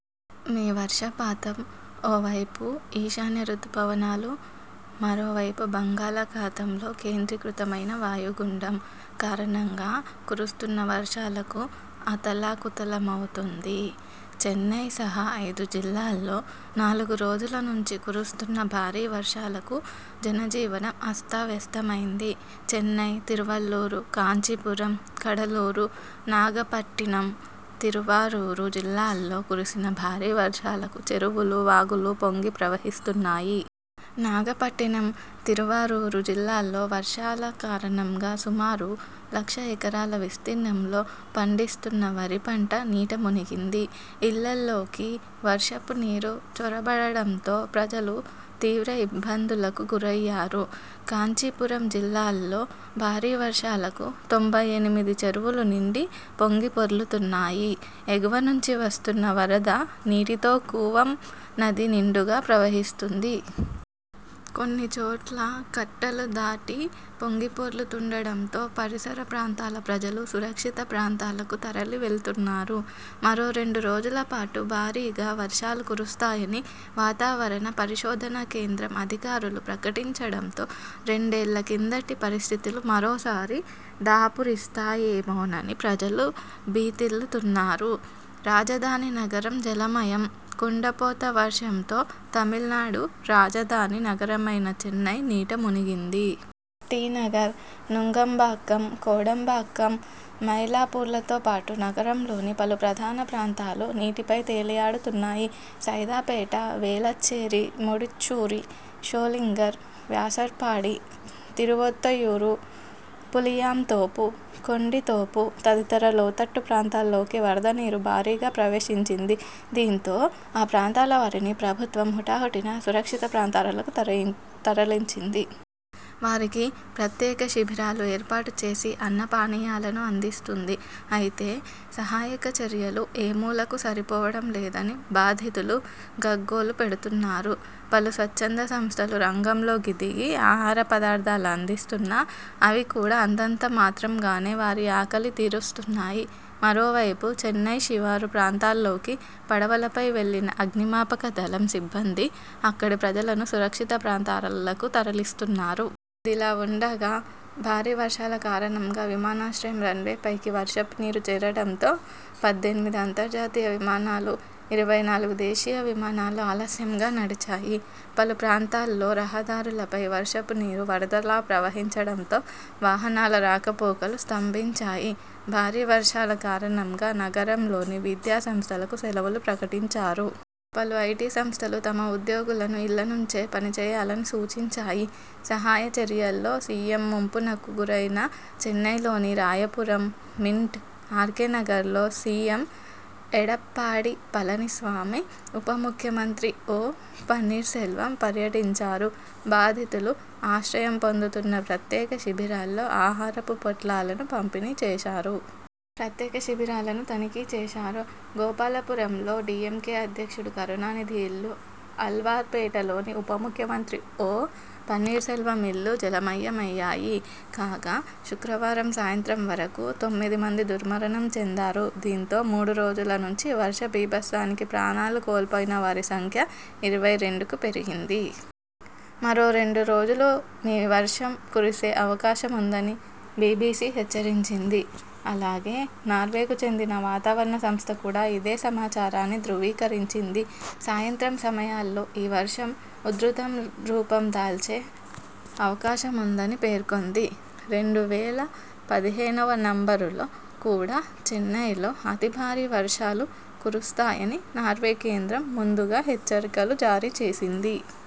మీ వర్షపాతం ఓవైపు ఈశాన్య రుతుపవనాలు మరోవైపు బంగాళాఖాతంలో కేంద్రీకృతమైన వాయుగుండం కారణంగా కురుస్తున్న వర్షాలకు అతలాకుతలమవుతోంది. చెన్నై సహా ఐదు జిల్లాల్లో నాలుగు రోజుల నుంచి కురుస్తున్న భారీ వర్షాలకు జనజీవనం అస్తవ్యస్తమైంది. చెన్నై, తిరువళ్లూరు, కాంచీపురం, కడలూరు, నాగపట్టినం, తిరువారూరు జిల్లాల్లో కురిసిన భారీ వర్షాలకు చెరువులు, వాగులు పొంగి ప్రవహిస్తున్నాయి. నాగపట్టినం, తిరువారూరు జిల్లాల్లో వర్షాల కారణంగా సుమారు లక్ష ఎకరాల విస్తీర్ణంలో పండిస్తున్న వరి పంట నీటమునిగింది. ఇళ్లలోకి వర్షపు నీరు చొరబడటంతో ప్రజలు తీవ్ర ఇబ్బందులకు గురయ్యారు. కాంచీపురం జిల్లాల్లో భారీ వర్షాలకు తొంభై ఎనిమిది చెరువులు నిండి పొంగిపొర్లుతున్నాయి. ఎగువ నుంచి వస్తున్న వరద నీటితో కూవం నది నిండుగా ప్రవహిస్తోంది. కొన్నిచోట్ల కట్టలు దాటి పొంగిపొర్లుతుండటంతో పరిసర ప్రాంతాల ప్రజలు సురక్షిత ప్రాంతాలకు తరలివెళ్తున్నారు. మరో రెండు రోజులపాటు భారీగా వర్షాలు కురుస్తాయని వాతావరణ పరిశోధన కేంద్రం అధికారులు ప్రకటించడంతో రెండేళ్ల కిందటి పరిస్థితులు మరోసారి దాపురిస్తాయేమోనని ప్రజలు భీతిల్లుతున్నారు. రాజధాని నగరం జలమయం కుండపోత వర్షంతో తమిళనాడు రాజధాని నగరమైన చెన్నై నీట మునిగింది. టి. నగర్, నుంగంబాక్కం, కోడంబాక్కం, మైలాపూర్లతో పాటు నగరంలోని పలు ప్రధాన ప్రాంతాలు నీటిపై తేలియాడుతున్నాయి. సైదాపేట, వేళచ్చేరి, ముడిచ్చూరి, షోళింగర్, వ్యాసర్పాడి, తిరువొత్తియూరు, పులియాంతోపు, కొండితోపు తదితర లోతట్టు ప్రాంతాల్లోకి వరదనీరు భారీగా ప్రవేశించింది. దీంతో ఈ ప్రాంతాలవారిని ప్రభుత్వం హుటాహుటిన సురక్షిత ప్రాంతాలకు తరలించింది. వారికి ప్రత్యేక శిబిరాలు ఏర్పాటు చేసి అన్నపానీయాలను అందిస్తుంది. అయితే సహాయక చర్యలు ఏ మూలకూ సరిపోవడం లేదని బాధితులు గగ్గోలు పెడుతున్నారు. పలు స్వచ్ఛంద సంస్థలు రంగంలోకి దిగి ఆహార పదార్థాలు అందిస్తున్నా అవి కూడా అంతంతమాత్రంగానే వారి ఆకలి తీరుస్తున్నాయి. మరోవైపు చెన్నై శివారు ప్రాంతాల్లోకి పడవలపై వెళ్లిన అగ్నిమాపకదళం సిబ్బంది అక్కడి ప్రజలను సురక్షిత ప్రాంతాలకు తరలిస్తున్నారు. ఇదిలా ఉండగా, భారీ వర్షాల కారణంగా విమానాశ్రయం రన్వేపైకి వర్షపునీరు చేరడంతో పద్దెనిమిది అంతర్జాతీయ విమానాలు, ఇరవై నాలుగు దేశీయ విమానాలు ఆలస్యంగా నడిచాయి. పలు ప్రాంతాల్లో రహదారులపై వర్షపు నీరు వరదలా ప్రవహించడంతో వాహనాల రాకపోకలు స్తంభించాయి. భారీ వర్షాల కారణంగా నగరంలోని విద్యా సంస్థలకు సెలవులు ప్రకటించారు. పలు ఐటీ సంస్థలు తమ ఉద్యోగులను ఇళ్లనుంచే పనిచేయాలని సూచించాయి. సహాయ చర్యల్లో సీఎంముంపునకు గురయిన చెన్నైలోని రాయపురం, మింట్, ఆర్కేనగర్లో సీఎం ఎడప్పాడి పళనిస్వామి, ఉప ముఖ్యమంత్రి ఒ. పన్నీర్ సెల్వం పర్యటించారు. బాధితులు ఆశ్రయం పొందుతున్న ప్రత్యేక శిబిరాల్లో ఆహారపు పొట్లాలను పంపిణీ చేశారు. ప్రత్యేక వైద్యశిబిరాలను తనిఖీచేశారు. గోపాలపురం లో డీఎంకే అధ్యక్షుడు కరుణానిధి ఇల్లు, ఆళ్వార్పేటలోని ఉప ముఖ్యమంత్రి ఒ. పన్నీర్సెల్వం ఇల్లు జలమయమయ్యాయి. కాగా, శుక్రవారం సాయంత్రం వరకూ తొమ్మిదిమంది దుర్మరణం చెందారు. దీంతో మూడు రోజుల నుంచి వర్షబీభత్సానికి ప్రాణాలు కోల్పోయినవారి సంఖ్య ఇరవై రెండుకి పెరిగింది. మరో రెండు రోజులూ మీ వర్షం కురిసే అవకాశముందని బీబీసీ హెచ్చరించింది. అలాగే, నార్వేకు చెందిన వాతావరణ సంస్థ కూడా ఇదే సమాచారాన్ని ధ్రువీకరించింది. సాయంత్రం సమయాల్లో ఈ వర్షం ఉధృతం రూపం దాల్చే అవకాశముందని పేర్కొంది. రెండు వేల పదిహేనువ నవంబరులో కూడా చెన్నైలో అతిభారీ వర్షాలు కురుస్తాయని నార్వే కేంద్రం ముందుగా హెచ్చరికలు జారీచేసింది.